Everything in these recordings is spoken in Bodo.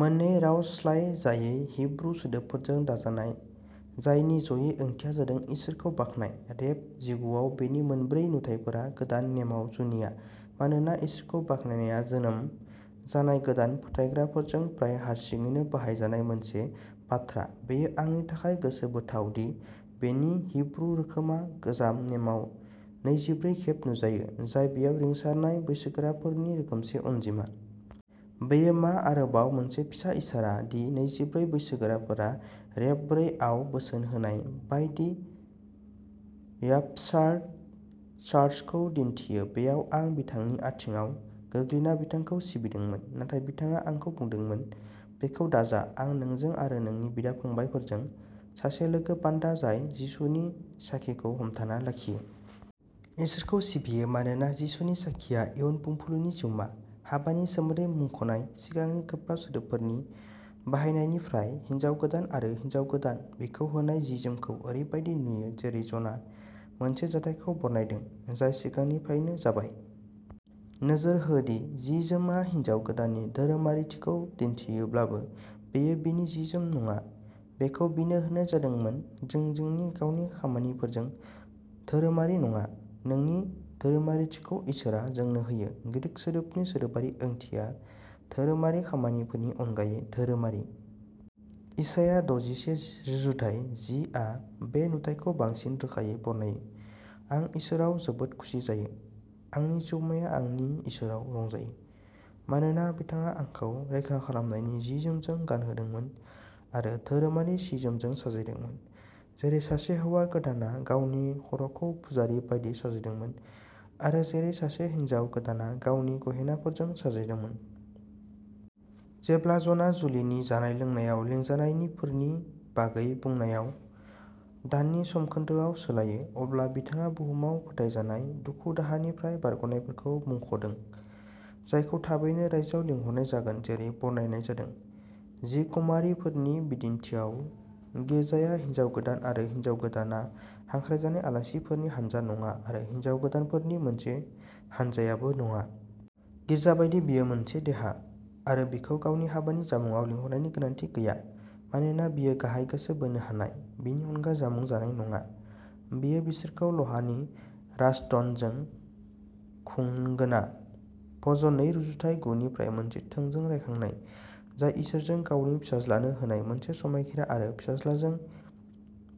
मोननै रावस्लायजायै हिब्रु सोदोबफोरजों दाजानाय, जायनि ज'यै ओंथिया जादों, इसोरखौ बाख्नाय। रेभ जिगुआव बेनि मोनब्रै नुथाइफोरा गोदान नेमाव जुनिया। मानोना इसोरखौ बाख्नायआ जोनोम जानाय गोदान फोथायग्राफोरजों प्राय हारसिङैनो बाहायजानाय मोनसे बाथ्रा, बेयो आंनि थाखाय गोसोबोथाव दि बेनि हिब्रु रोखोमआ गोजाम नेमाव नैजिब्रै खेब नुजायो, जाय बेयाव रिंसारनाय बैसोगोराफोरनि रोखोमसे अनजिमा। बेयो मा आरोबाव मोनसे फिसा इसारा दि नैजिब्रै बैसोगोराफोरा रेभ ब्रै आव बोसोन होनाय बायदि र्यापचार्ड चार्चखौ दिन्थियो बेयाव आं बिथांनि आथिंआव गोग्लैना बिथांखौ सिबिदोंमोन। नाथाय बिथाङा आंखौ बुंदोंमोन, बेखौ दाजा आं नोंजों आरो नोंनि बिदा-फंबायफोरजों सासे लोगो बान्दा, जाय जिसुनि साखीखौ हमथाना लाखियो। इसोरखौ सिबियो मानोना जिसुनि साखीया इयुन बुंफुरलुनि जिउमा। हाबानि सोमोन्दै मुंख'नाय सिगांनि गोब्राब सोदोबफोरनि बाहायनायनिफ्राय, हिन्जाव गोदान आरो हिन्जाव गोदान। बिखौ होनाय जि-जोमखौ, ओरैबायदि नुयो जेरै जनआ मोनसे जाथायखौ बरनायदों, जाय सिगांनिफ्रायनो जाबाय। नोजोर हो दि जि-जोमआ हिनजाव गोदाननि धोरोमारिथिखौ दिन्थियोब्लाबो, बेयो बिनि जि-जोम नङा। बेखौ बिनो होनाय जादोंमोन। जों जोंनि गावनि खामानिफोरजों धोरोमारि नङा। जोंनि धोरोमारिथिखौ इसोरआ जोंनो होयो। ग्रीक सोदोबनि सोदोबारि ओंथिया धोरोमारि खामानिफोरनि अनगायै धोरोमारि। इसाया दजिसे रुजुथाइ जि आ बे नुथायखौ बांसिन रोखायै बरनायो। आं इसोराव जोबोद खुसि जायो; आंनि जिउमाया आंनि इसोराव रंजायो। मानोना बिथाङा आंखौ रैखाखालामनायनि जि-जोमजों गानहोदोंमोन आरो धोरोमारि सि-जोमजों साजायदोंमोन, जेरै सासे हौवा गोदानआ गावनि खर'खौ पुजारी बायदि साजायदोंमोन आरो जेरै सासे हिनजाव गोदानआ गावनि गहेनाफोरजों साजायदोंमोन। जेब्ला जनआ जुलिनि जानाय-लोंनायाव लिंजानायफोरनि बागै बुंनायाव दानि समखोन्दोआव सोलायो, अब्ला बिथाङा बुहुमाव फोथायजानाय दुखु-दाहानिफ्राय बारग'नायफोरखौ मुंख'दों, जायखौ थाबैनो रायजोआव लिंहरनाय जागोन जेरै बरनायनाय जादों। जि कुमारीफोरनि बिदिन्थिआव। गिर्जाया हिन्जाव गोदान आरो हिन्जाव गोदानआ हांख्रायजानाय आलासिफोरनि हानजा नङा आरो हिन्जाव गोदानफोरनि मोनसे हानजायाबो नङा। गिर्जा बायदि, बियो मोनसे देहा। आरो बिखौ गावनि हाबानि जामुंआव लिंहरनायनि गोनांथि गैया, मानोना बियो गाहाय गोसो बोनो हानाय। बिनि अनगा जामुं जानाय नङा। बियो बिसोरखौ लहानि राजदण्डजों खुंगोनआ भजन नै रुजुथाइ गु निफ्राय मोनसे थोंजों रायखांनाय, जाय इसोरजों गावनि फिसाज्लानो होनाय मोनसे समायखिरा आरो फिसाज्लाजों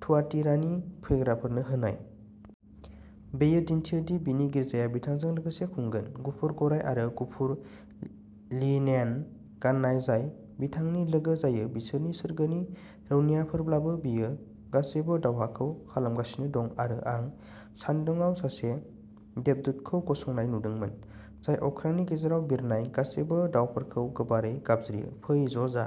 थुयातिरानि फैग्राफोरनो होनाय। बेयो दिन्थियो दि बिनि गिर्जाया बिथांजों लोगोसे खुंगोन। गुफुर गराय आरो गुफुर लिनेन गान्नाय जाय बिथांनि लोगो जायो बिसोर सोरगोनि रौनियाफोरब्लाबो, बियो गासैबो दावहाखौ खालामगासिनो दं आरो आं सान्दुङाव सासे देबदूतखौ गसंनाय नुदोंमोन, जाय अख्रांनि गेजेराव बिरनाय गासैबो दावफोरखौ गोबारै गाबज्रियो, फै ज'जा।